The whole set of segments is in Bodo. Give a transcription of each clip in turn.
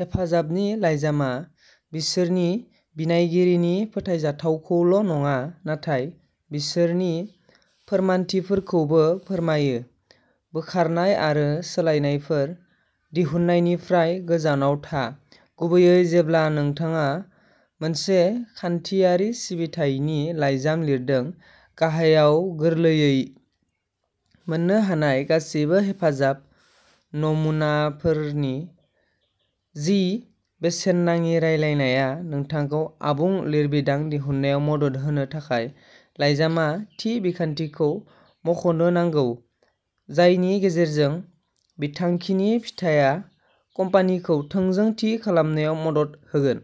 हेफाजाबनि लाइजामआ बिसोरनि बिनायगिरिनि फोथायजाथावखौल' नङा नाथाय बिसोरनि फोरमानथिफोरखौबो फोरमायो बोखारनाय आरो सोलायनायफोर दिहुननायनिफ्राय गोजानाव था गुबैयै जेब्ला नोंथाङा मोनसे खान्थियारि सिबिथायनि लाइजाम लिरदों गाहायाव गोरलैयै मोन्नो हानाय गासैबो हेफाजाब नमुनाफोरनि जि बेसेन नाङि रायलायनाया नोंथांखौ आबुं लिरबिदां दिहुननायाव मदद होनो थाखाय लाइजामआ थि बिखान्थिखौ मख'नो नांगौ जायनि गेजेरजों बिथांखिनि फिथाया कम्पानिखौ थोंजों थि खालामनायाव मदद होगोन।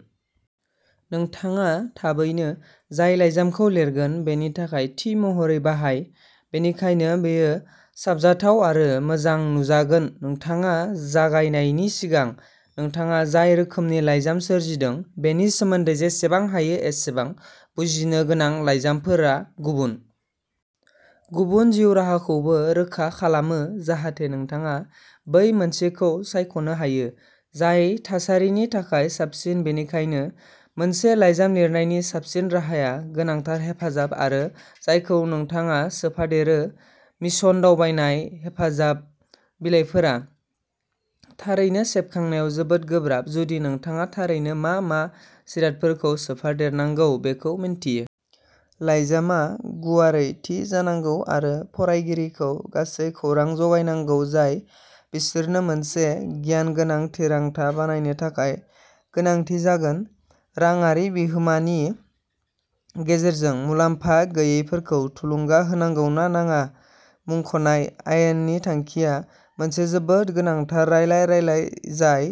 नोंथाङा थाबैनो जाय लाइजामखौ लिरगोन बेनि थाखाय थि महरयै बाहाय बेनिखायनो बेयो साबजाथाव आरो मोजां नुजागोन नोंथाङा जागायनायनि सिगां नोंथाङा जाय रोखोमनि लाइजाम सोरजिदों बेनि सोमोन्दै जेसेबां हायो एसेबां बुजिनो गोनां लाइजामफोरा गुबुन गुबुन जिउ राहाखौबो रोखा खालामो जाहाथे नोंथाङा बै मोनसेखौ सायख'नो हायो जाय थासारिनि थाखाय साबसिन बेनिखायनो मोनसे लाइजाम लिरनायनि साबसिन राहाया गोनांथार हेफाजाब आरो जायखौ नोंथाङा सोफादेरो मिशन दावबायनाय हेफाजाब बिलायफोरा थारैनो सेबखांनायाव जोबोद गोब्राब जुदि नोंथाङा थारैनो मा मा जिरादफोरखौ सोफादेरनांगौ बेखौ मिन्थियो। लाइजामआ गुवारै थि जानांगौ आरो फरायगिरिखौ गासै खौरां जगायनांगौ जाय बिसोरनो मोनसे गियान गोनां थिरांथा बानायनो थाखाय गोनांथि जागोन रांआरि बिहोमानि गेजेरजों मुलाम्फा गैयैफोरखौ थुलुंगा होनांगौ ना नाङा मुंख'नाय आयेननि थांखिआ मोनसे जोबोद गोनांथार रायलाय रायलाय जाय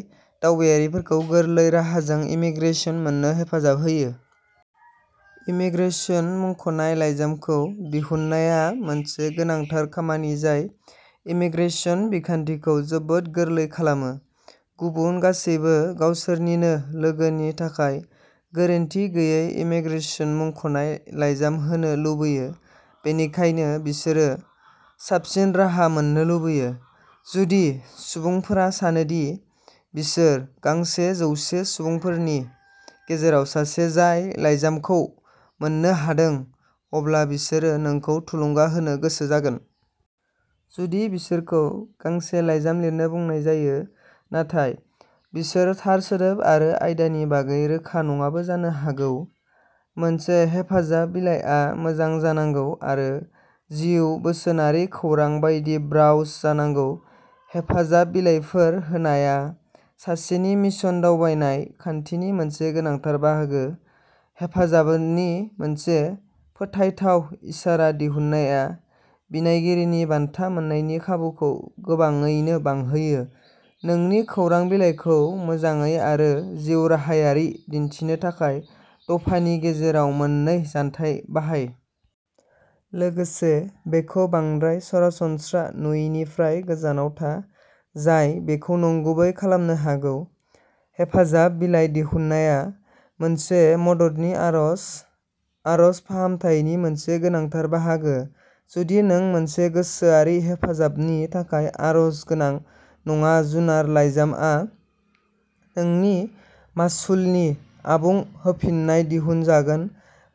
दावबायारिफोरखौ गोरलै राहाजों इमीग्रेसन मोननो हेफाजाब होयो। इमीग्रेसन मुंख'नाय लाइजामखौ दिहुननाया मोनसे गोनांथार खामानि जाय इमीग्रेसन बिखान्थिखौ जोबोद गोरलै खालामो। गुबुन गासैबो गावसोरनिनो लोगोनि थाखाय गोरोन्थि गैयै इमीग्रेसन मुंख'नाय लाइजाम होनो लुबैयो बेनिखायनो बिसोरो साबसिन राहा मोन्नो लुबैयो। जुदि सुबुंफोरा सानो दि बिसोर गांसे जौसे सुबुंफोरनि गेजेराव सासे जाय लाइजामखौ मोन्नो हादों अब्ला बिसोरो नोंखौ थुलुंगा होनो गोसो जागोन। जुदि बिसोरखौ गांसे लाइजाम लिरनो बुंनाय जायो नाथाय बिसोर थार सोदोब आरो आयदानि बागै रोखा नङाबो जानो हागौ। मोनसे हेफाजाब बिलायआ मोजां जानांगौ आरो जिउ बोसोनारि खौरां बायदि ब्रावस जानांगौ हेफाजाब बिलायफोर होनाया सासेनि मिशन दावबायनाय खान्थिनि मोनसे गोनांथार बाहागो हेफाजाबनि मोनसे फोथायथाव इसारा दिहुननाया बिनायगिरिनि बान्था मोन्नायनि खाबुखौ गोबाङैनो बांहोयो नोंनि खौरां बिलाइखौ मोजाङै आरो जिउराहायारि दिन्थिनो थाखाय दफानि गेजेराव मोननै जानथाय बाहाय। लोगोसे बेखौ बांद्राय सरासनस्रा नुयिनिफ्राय गोजानाव था, जाय बेखौ नंगुबै खालामनो हागौ। हेफाजाब बिलाइ दिहुननाया मोनसे मददनि आर'ज आर'ज फाहामथायनि मोनसे गोनांथार बाहागो जुदि नों मोनसे गोसोआरि हेफाजाबनि थाखाय आर'ज गोनां नङा जुनार लाइजामआ नोंनि मासुलनि आबुं होफिन्नाय दिहुनजागोन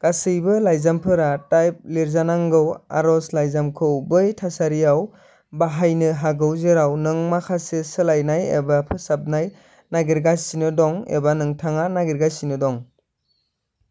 गासैबो लाइजामफोरा टाइप लिरजानांगौ आर'ज लायजामखौ बै थासारियाव बाहायनो हागौ जेराव नों माखासे सोलायनाय एबा फोसाबनाय नागिरगासिनो दं एबा नोंथाङा नागिरगासिनो दं।